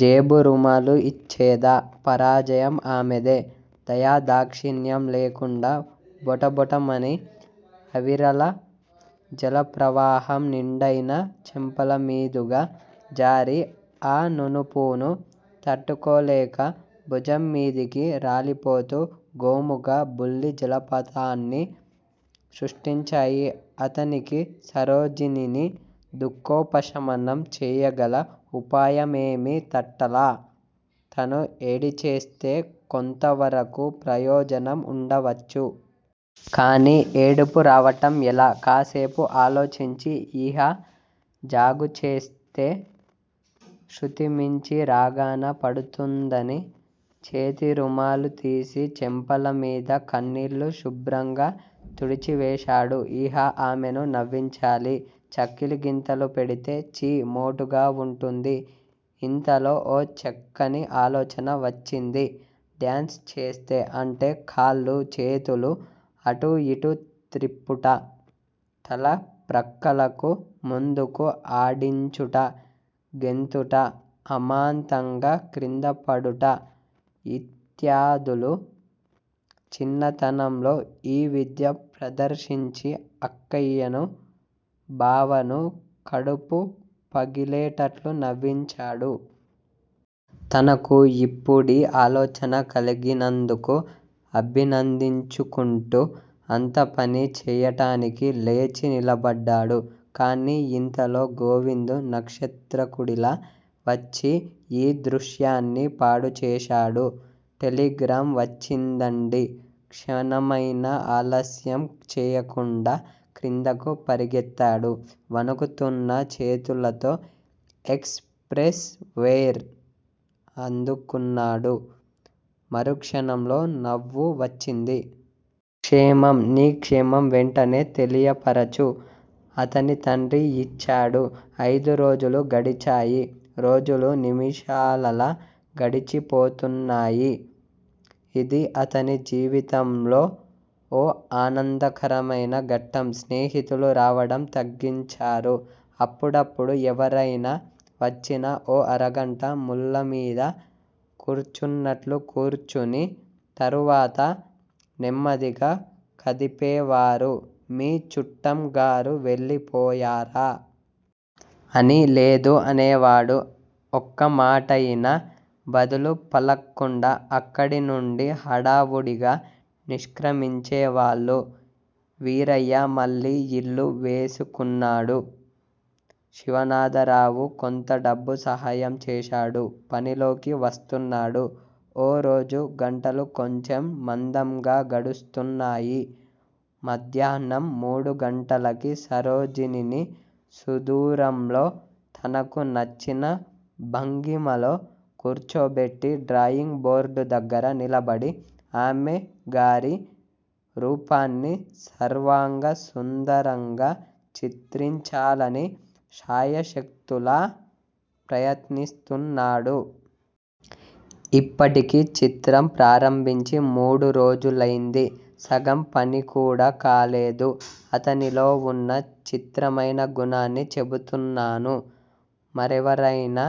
జేబురుమాలు ఇచ్చేదా? పరాజయం ఆమెదే. దయాదాక్షిణ్యం లేకుండా బొటబొటమని అవిరళ జలప్రవాహం నిండైన చెంపలమీదుగా జారి, ఆ నునుపూను తట్టుకోలేక భుజం మీదికి రాలిపోతూ గోముగా బుల్లి జలపాతాన్ని సృష్టించాయి. అతనికి సరోజినిని దుఃఖోపశమనం చేయగల ఉపాయమేమీ తట్టలా. తనూ ఏడిచేస్తే కొంతవరకూ ప్రయోజనం ఉండవచ్చు. కానీ ఏడుపు రావటం ఎలా? కాసేపు ఆలోచించి ఇహ జాగుచేస్తే శృతిమించి రాగాన పడుతుందని చేతిరుమాలు తీసి చెంపలమీది కన్నీళ్ళు శుభ్రంగా తుడిచివేశాడు. ఇహ ఆమెను నవ్వించాలి. చక్కిలిగింతలు పెడితే ఛీ! మోటుగా వుంటుంది. ఇంతలో ఓ చక్కని ఆలోచన వచ్చింది. డ్యాన్స్ చేస్తే? అంటే కాళ్ళూ, చేతులూ అటూ యిటూ త్రిప్పుట, తల ప్రక్కలకూ, ముందుకూ ఆడించుట, గెంతుట, అమాంతంగా క్రిందపడుట, యిత్యాదులు, చిన్నతనంలో ఈ విద్య ప్రదర్శించి అక్కయ్యనూ, బావనూ కడుపు పగిలేటట్లు నవ్వించాడు. తనకు యిప్పుడీ ఆలోచన కలిగినందుకు అభినందించుకుంటూ అంత పనీ చేయటానికి లేచి నిలబడ్డాడు. కానీ యింతలో గోవిందు నక్షత్రకుడిలా వచ్చి యీ దృశ్యాన్ని పాడుచేశాడు. టెలిగ్రాం వచ్చిందండీ. క్షణమైనా ఆలస్యం చేయకుండా క్రిందకు పరిగెత్తాడు. వణుకుతూన్న చేతులతో ఎక్స్ ప్రెస్ వైర్ అందుకున్నాడు. మరుక్షణంలో నవ్వు వచ్చింది. క్షేమం నీ క్షేమం వెంటనే తెలియపరచు. అతని తండ్రి యిచ్చాడు. అయిదురోజులు గడిచాయి. రోజులు నిముషాలలా గడిచిపోతున్నాయి. ఇది అతని జీవితంలో ఓ ఆనందకరమైన ఘట్టం. స్నేహితులు రావడం తగ్గించారు. అప్పుడప్పుడూ ఎవరైనా వచ్చినా-ఓ అరగంట ముళ్ళమీద కూర్చున్నట్లు కూర్చుని తరువాత నెమ్మదిగా కదిపేవారు మీ చుట్టంగారు వెళ్ళిపోయారా? అని. లేదు అనేవాడు. ఒక్కమాటయినా బదులు పలక్కుండా అక్కడినుండి హడావుడిగా నిష్క్రమించేవాళ్ళు. వీరయ్య మళ్ళీ యిల్లు వేసుకున్నాడు. శివనాథరావు కొంత డబ్బు సహాయం చేశాడు. పనిలోకి వస్తున్నాడు. ఓరోజు గంటలు కొంచెం మందంగా గడుస్తున్నాయి. మధ్యాహ్నం మూడు గంటలకి సరోజినిని సుదూరంలో తనకు నచ్చిన భంగిమలో కూర్చోబెట్టీ డ్రాయింగ్ బోర్డుదగ్గర నిలబడి ఆమెగారి రూపాన్ని సర్వాంగ సుందరంగా చిత్రించాలని శాయశక్తులా ప్రయత్నిస్తున్నాడు. ఇప్పటికి చిత్రం ప్రారంభించి మూడురోజులైంది. సగం పనికూడా కాలేదు. అతనిలో వున్న చిత్రమైన గుణాన్ని చెబుతున్నాను. మరెవరైనా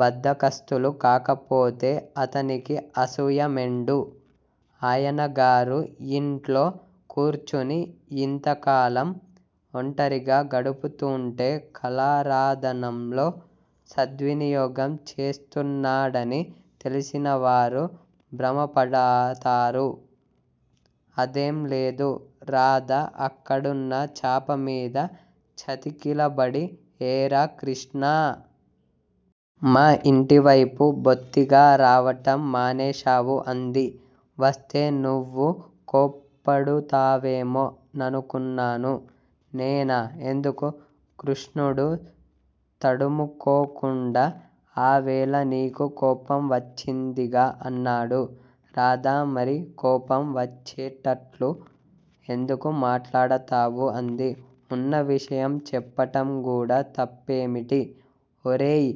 బద్దకస్తులు కాకపోతే అతనికి అసూయ మెండు. ఆయనగారు యింట్లో కూర్చుని యింతకాలం ఒంటరిగా గడుపుతూంటే కళారాధనంలో సద్వినియోగం చేస్తున్నాడని తెలిసినవారు భ్రమపడతారు. అదేం లేదు. రాధ అక్కడున్న చాపమీద చతికిలబడి ఏరా కృష్ణా! మా ఇంటివైపు బొత్తిగా రావటం మానేశావు అంది. వస్తే నువ్వు కోప్పడుతావేమో ననుకున్నాను. నేనా? ఎందుకు? కృష్ణుడు తడుముకోకుండా ఆవేళ నీకు కోపం వచ్చిందిగా అన్నాడు. రాధ మరి కోపం వచ్చేటట్లు ఎందుకు మాట్లాడతావు అంది. ఉన్న విషయం చెప్పటంగూడా తప్పేమిటి? ఒరేయి,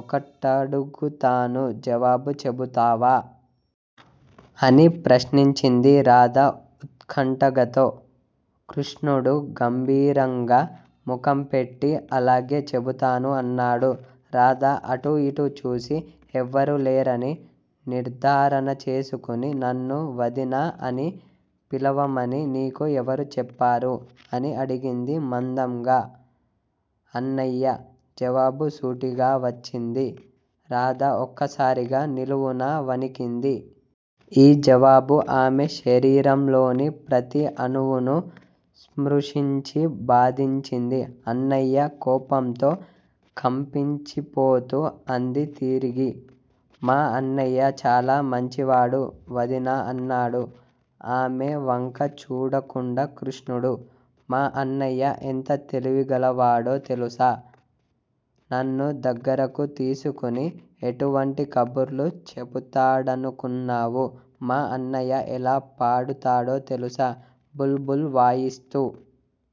ఒకటడుగుతాను జవాబు చెబుతావా? అని ప్రశ్నించింది రాధ ఉత్కంఠగతో. కృష్ణుడు గంభీరంగా ముఖంపెట్టి అలాగే చెబుతాను అన్నాడు. రాధ అటూ ఇటూ చూసి, ఎవ్వరూ లేరని నిర్ధారణ చేసుకుని నన్ను వదినా అని పిలవమని నీకు ఎవరు చెప్పారు? అని అడిగింది మందంగా. అన్నయ్య. జవాబు సూటిగా వచ్చింది. రాధ ఒక్కసారిగా నిలువునా వణికింది. ఈ జవాబు ఆమె శారీరంలోని ప్రతి అణువునూ స్పృశించి బాధించింది. అన్నయ్య కోపంతో కపించిపోతూ అంది తిరిగి. మా అన్నయ్య చాలా మంచివాడు వదినా అన్నాడు ఆమె వంక చూడకుండా కృష్ణుడు. మా అన్నయ్య ఎంత తెలివిగలవాడో తెలుసా? నన్ను దగ్గరకు తీసుకుని- ఎటువంటి కబుర్లు చెపుతాడనుకున్నావు? మా అన్నయ్య ఎలా పాడుతాడో తెలుసా? బుల్ బుల్ వాయిస్తూ